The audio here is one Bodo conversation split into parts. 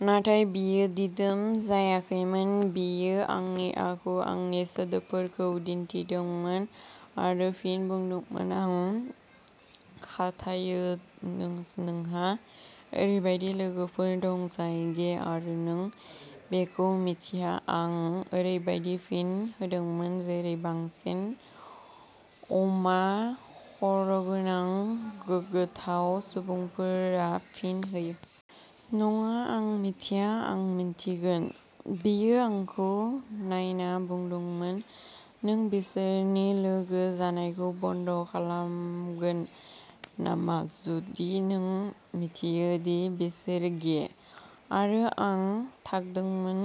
नाथाय बियो दिदोम जायाखैमोन। बियो आंनि आगु आंनि सोदोबफोरखौ दिन्थिदोंमोन आरो फिन बुंदोंमोन, "आं खाथायो नोंहा ओरैबायदि लोगोफोर दं जाय गे आरो नों बेखौबो मिन्थिया। " आं ओरैबायदि फिन होदोंमोन जेरै बांसिन अमा-खर'गोनां, गोग्गाथाव सुबुंफोरा फिन होयो। "नंङा, आं मिथिया। आं मिन्थिगोन। " बियो आंखौ नायना बुंदोंमोन, "नों बिसोरनि लोगो जानायखौ बन्द खालामगोन नामा जुदि नों मिन्थियो दि बिसोर गे? " आरो आं थाद'दोंमोन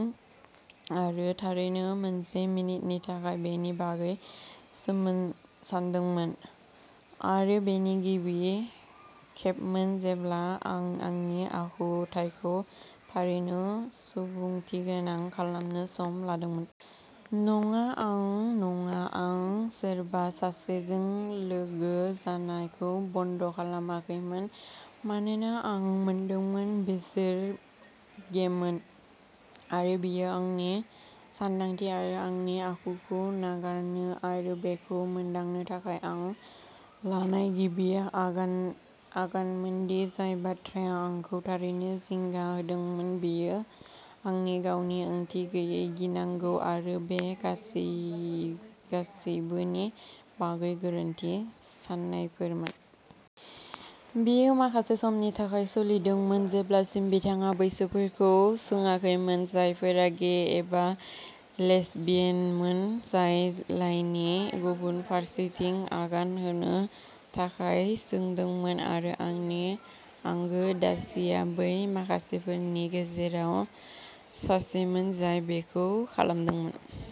आरो थारैनो मोनसे मिनिटनि थाखाय बेनि बागै सानदोंमोन, आरो बेनो गिबि खेबमोन जेब्ला आं आंनि आखुथाइखौ थारैनो सुबुंथिगोनां खालामनो सम लादोंमोन। "नंङा, आं नंङा। आं सोरबा सासेजों लोगो जानायखौ बन्द'खालामाखैमोन मानोना आं मोनदोंमोन। बिसोर गेमोन। "आरो बेयो आंनि सानदांथि आरो आंनि आखुखौ नागारनो आरो बेखौ मोनदांनो थाखाय आं लानाय गिबि आगानमोन दि जाय बाथ्राया आंखौ थारैनो जिंगा होदोंमोन बेयो आंनि गावनि ओंथि गैयै गिनांगौ आरो बे गासैबोनि बागै गोरोन्थि साननायफोरमोन। बेयो माखासे समनि थाखाय सोलिदोंमोन जेब्लासिम बिथांङा बैसोरफोरखौ सोंङाखैमोन जायफोरा गे एबा लेसबियानमोन जाय लाइननि गुबुन फारसेथिं आगान होनो थाखाय सोंदोंमोन आरो आंनि आंगो डार्सीआ बै माखासेफोरनि गेजेराव सासेमोन जाय बेखौ खालामदोंमोन।